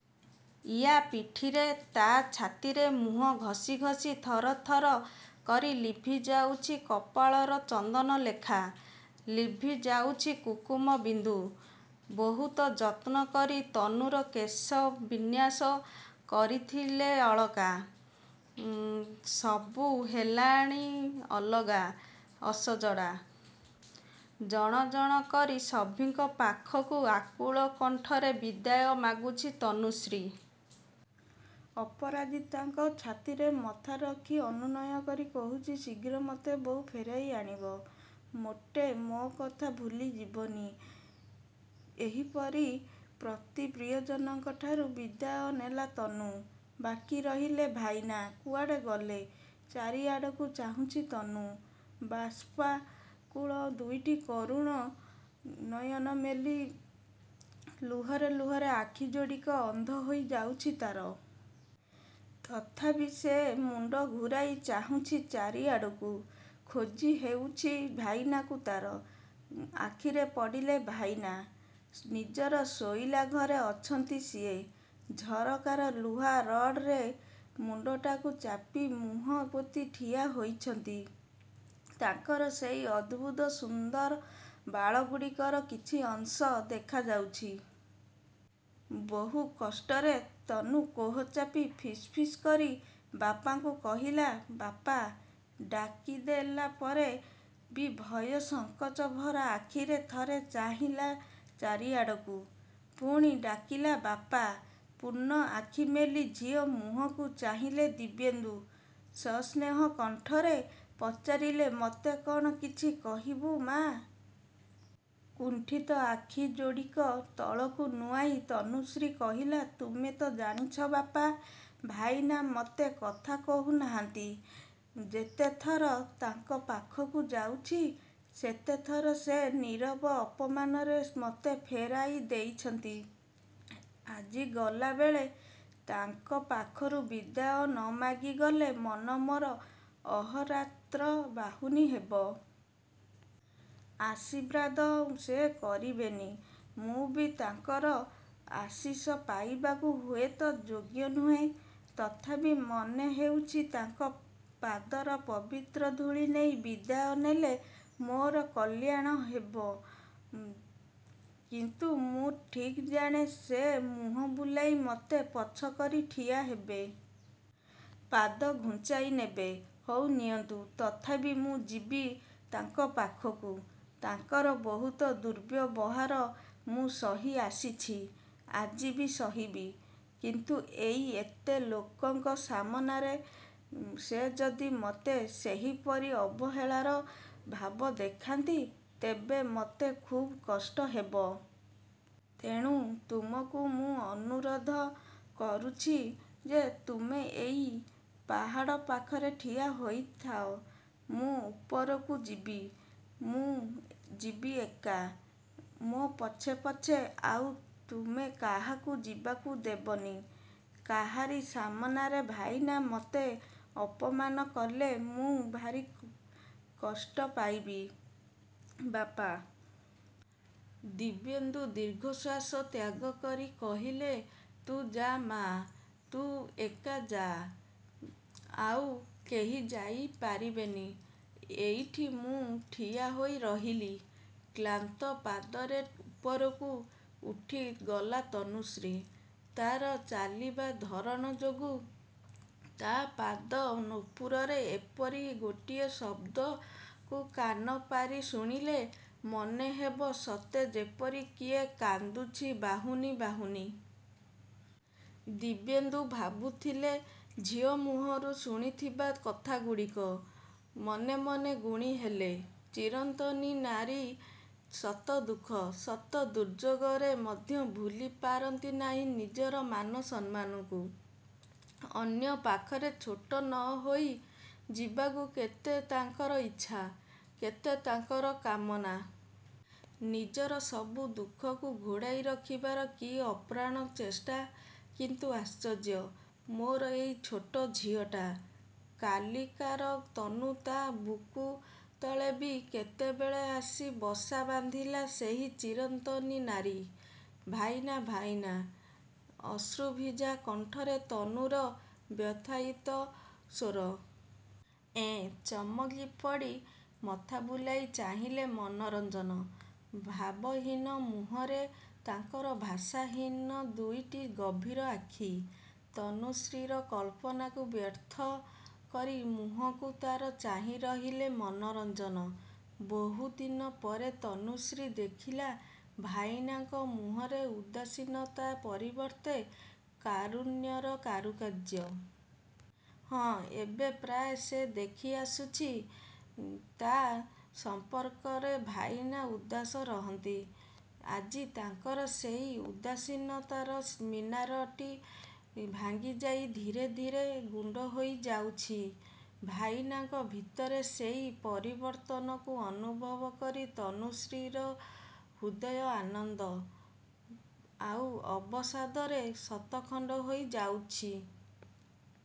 ଇଆ ପିଠିରେ, ତା ଛାତିରେ ମୁହଁ ଘସି ଘସି ଥର ଥର କରି ଲିଭି ଯାଉଛି କପାଳର ଚନ୍ଦନ ଲେଖା। ଲିଭି ଯାଉଛି କୁଙ୍କୁମ ବିନ୍ଦୁ। ବୋହୁତ ଯତ୍ନ କରି ତନୁର କେଶ ବିନ୍ୟାସ କରିଥିଲେ ଅଳକା। ସବୁ ହେଲାଣି ଅଲଗା, ଅସଜଡ଼ା। ଜଣ ଜଣ କରି ସଭିଙ୍କ ପାଖକୁ ଆକୁଳ କଣ୍ଠରେ ବିଦାୟ ମାଗୁଛି ତନୁଶ୍ରୀ। ଅପରାଜିତାଙ୍କ ଛାତିରେ ମଥା ରଖି ଅନୁନୟ କରି କହୁଛି ଶୀଘ୍ର ମୋତେ ବୋଉ ଫେରାଇ ଆଣିବ। ମୋଟେ ମୋ କଥା ଭୁଲି ଯିବନି। ଏହିପରି ପ୍ରତି ପ୍ରିୟଜନଙ୍କଠାରୁ ବିଦାୟ ନେଲା ତନୁ। ବାକି ରହିଲେ ଭାଇନା। କୁଆଡ଼େ ଗଲେ, ଚାରିଆଡ଼କୁ ଚାହୁଁଛି ତନୁ। ବାଷ୍ପାକୁଳ ଦୁଇଟି କରୁଣ ନୟନ ମେଲି ଲୁହରେ ଲୁହରେ ଆଖି ଯୋଡ଼ିକ ଅନ୍ଧ ହୋଇ ଯାଉଛି ତାର। ଥଥାପି ସେ ମୁଣ୍ଡ ଘୂରାଇ ଚାହୁଁଛି ଚାରିଆଡ଼ୁକୁ। ଖୋଜି ହେଉଛି ଭାଇନାଙ୍କୁ ତାର। ଆଖିରେ ପଡ଼ିଲେ ଭାଇନା। ନିଜର ଶୋଇଲା ଘରେ ଅଛନ୍ତି ସିଏ। ଝରକାର ଲୁହା ରଡ୍‌ରେ ମୁଣ୍ଡଟାକୁ ଚାପି ମୁହଁ ପୋତି ଠିଆ ହୋଇଛନ୍ତି। ତାଙ୍କର ସେଇ ଅଦ୍ଭୁତ ସୁନ୍ଦର ବାଳଗୁଡ଼ିକର କିଛି ଅଂଶ ଦେଖାଯାଉଛି। ବହୁ କଷ୍ଟରେ ତନୁ କୋହ ଚାପି ଫିସ୍ ଫିସ୍ କରି ବାପାଙ୍କୁ କହିଲା, ବାପା! ଡାକିଦେଲା ପରେ ବି ଭୟ ସଂକୋଚ ଭରା ଆଖିରେ ଥରେ ଚାହିଁଲା ଚାରିଆଡ଼କୁ। ପୁଣି ଡାକିଲା ବାପା ପୂର୍ଣ୍ଣ ଆଖି ମେଲି ଝିଅ ମୁହଁକୁ ଚାହିଁଲେ ଦିବ୍ୟେନ୍ଦୁ। ସସ୍ନେହ କଣ୍ଠରେ ପଚାରିଲେ ମତେ କଣ କିଛି କହିବୁ ମାଆ? କୁଣ୍ଠିତ ଆଖି ଯୋଡ଼ିକ ତଳକୁ ନୁଆଁଇ ତନୁଶ୍ରୀ କହିଲା ତୁମେ ତ ଜାଣିଛ ବାପା, ଭାଇନା ମୋତେ କଥା କହୁ ନାହାନ୍ତି। ଯେତେଥର ତାଙ୍କ ପାଖକୁ ଯାଇଛି ସେତେଥର ସେ ନୀରବ ଅପମାନରେ ମତେ ଫେରାଇ ଦେଇଛନ୍ତି। ଆଜି ଗଲା ବେଳେ ତାଙ୍କ ପାଖରୁ ବିଦାୟ ନ ମାଗି ଗଲେ ମନ ମୋର ଅହୋରାତ୍ର ବାହୁନି ହେବ। ଆଶୀର୍ବାଦ ସେ କରିବେନି। ମୁଁ ବି ତାଙ୍କର ଆଶୀଷ ପାଇବାକୁ ହୁଏତ ଯୋଗ୍ୟ ନୁହେଁ। ତଥାପି ମନେ ହେଉଛି ତାଙ୍କ ପାଦର ପବିତ୍ର ଧୂଳି ନେଇ ବିଦାୟ ନେଲେ ମୋର କଲ୍ୟାଣ ହେବ। କିନ୍ତୁ ମୁଁ ଠିକ୍ ଜାଣେ ସେ ମୁହଁ ବୁଲାଇ ମତେ ପଛ କରି ଠିଆ ହେବେ। ପାଦ ଘୁଞ୍ଚାଇ ନେବେ। ହଉ ନିଅନ୍ତୁ। ତଥାପି ମୁଁ ଯିବି ତାଙ୍କ ପାଖକୁ। ତାଙ୍କର ବହୁତ ଦୁର୍ବ୍ୟବହାର ମୁଁ ସହି ଆସିଛି। ଆଜି ବି ସହିବି। କିନ୍ତୁ ଏଇ ଏତେ ଲୋକଙ୍କ ସାମନାରେ ସେ ଯଦି ମତେ ସେହିପରି ଅବହେଳାର ଭାବ ଦେଖାନ୍ତି ତେବେ ମତେ ଖୁବ୍ କଷ୍ଟ ହେବ। ତେଣୁ ତୁମକୁ ମୁଁ ଅନୁରୋଧ କରୁଛି ଯେ ତୁମେ ଏଇ ପାହାଡ଼ ପାଖରେ ଠିଆ ହୋଇଥାଅ। ମୁଁ ଉପରକୁ ଯିବି। ମୁଁ ଯିବି ଏକା। ମୋ ପଛେ ପଛେ ଆଉ ତୁମେ କାହାକୁ ଯିବାକୁ ଦେବନି। କାହାରି ସାମନାରେ ଭାଇନା ମୋତେ ଅପମାନ କଲେ ମୁଁ ଭାରି କଷ୍ଟ ପାଇବି, ବାପା। ଦିବ୍ୟେନ୍ଦୁ ଦୀର୍ଘଶ୍ୱାସ ତ୍ୟାଗ କରି କହିଲେ ତୁ ଯା ମାଆ, ତୁ ଏକା ଯାଆ। ଆଉ କେହି ଯାଇ ପାରିବେନି। ଏଇଠି ମୁଁ ଠିଆ ହୋଇ ରହିଲି। କ୍ଳାନ୍ତ ପାଦରେ ଉପରକୁ ଉଠି ଗଲା ତନୁଶ୍ରୀ। ତାର ଚାଲିବା ଧରଣ ଯୋଗୁଁ ତା ପାଦ ନୂପୁରରେ ଏପରି ଗୋଟିଏ ଶବ୍ଦକୁ କାନ ପାରି ଶୁଣିଲେ ମନେ ହେବ ସତେ ଯେପରି କିଏ କାନ୍ଦୁଛି ବାହୁନି ବାହୁନି। ଦିବ୍ୟେନ୍ଦୁ ଭାବୁଥିଲେ ଝିଅ ମୁହଁରୁ ଶୁଣିଥିବା କଥାଗୁଡ଼ିକ। ମନେ ମନେ ଗୁଣି ହେଲେ, ଚିରନ୍ତନୀ ନାରୀ ଶତ ଦୁଃଖ, ଶତ ଦୁର୍ଯୋଗରେ ମଧ୍ୟ ଭୁଲି ପାରନ୍ତି ନାହିଁ ନିଜର ମାନସମ୍ମାନକୁ। ଅନ୍ୟ ପାଖରେ ଛୋଟ ନ ହୋଇ ଯିବାକୁ କେତେ ତାଙ୍କର ଇଚ୍ଛା, କେତେ ତାଙ୍କର କାମନା। ନିଜର ସବୁ ଦୁଃଖକୁ ଘୋଡ଼ାଇ ରଖିବାର କି ଅପ୍ରାଣ ଚେଷ୍ଟା! କିନ୍ତୁ ଆଶ୍ଚର୍ଯ୍ୟ! ମୋର ଏଇ ଛୋଟ ଝିଅଟା। କାଲିକାର ତନୁ ତା ବୁକୁ ତଳେ ବି କେତେବେଳେ ଆସି ବସା ବାନ୍ଧିଲା ସେହି ଚିରନ୍ତନୀ ନାରୀ। ଭାଇନା ଭାଇନା। ଅଶ୍ରୁଭିଜା କଣ୍ଠରେ ତନୁର ବ୍ୟଥାୟିତ ସ୍ୱର। ଏଁ, ଚମକି ପଡ଼ି ମଥା ବୁଲାଇ ଚାହିଁଲେ ମନୋରଞ୍ଜନ। ଭାବହୀନ ମୁହଁରେ ତାଙ୍କର ଭାଷାହୀନ ଦୁଇଟି ଗଭୀର ଆଖି। ତନୁଶ୍ରୀର କଳ୍ପନାକୁ ବ୍ୟର୍ଥ କରି ମୁହଁକୁ ତାର ଚାହିଁ ରହିଲେ ମନୋରଞ୍ଜନ। ବୋହୁ ଦିନ ପରେ ତନୁଶ୍ରୀ ଦେଖିଲା ଭାଇନାଙ୍କ ମୁହଁରେ ଉଦାସୀନତା ପରିବର୍ତ୍ତେ କାରୁଣ୍ୟର କାରୁକାର୍ଯ୍ୟ। ହଁ, ଏବେ ପ୍ରାୟ ସେ ଦେଖି ଆସୁଛି ତା ସମ୍ପର୍କରେ ଭାଇନା ଉଦାସ ରହନ୍ତି। ଆଜି ତାଙ୍କର ସେଇ ଉଦାସୀନତାର ମିନାରଟି ଭାଙ୍ଗି ଯାଇ ଧୀରେ ଧୀରେ ଗୁଣ୍ଡ ହୋଇ ଯାଉଛି। ଭାଇନାଙ୍କ ଭିତରେ ସେଇ ପରିବର୍ତ୍ତନକୁ ଅନୁଭବ କରି ତନୁଶ୍ରୀର ହୃଦୟ ଆନନ୍ଦ, ଆଉ ଅବସାଦରେ ଶତଖଣ୍ଡ ହୋଇ ଯାଉଛି।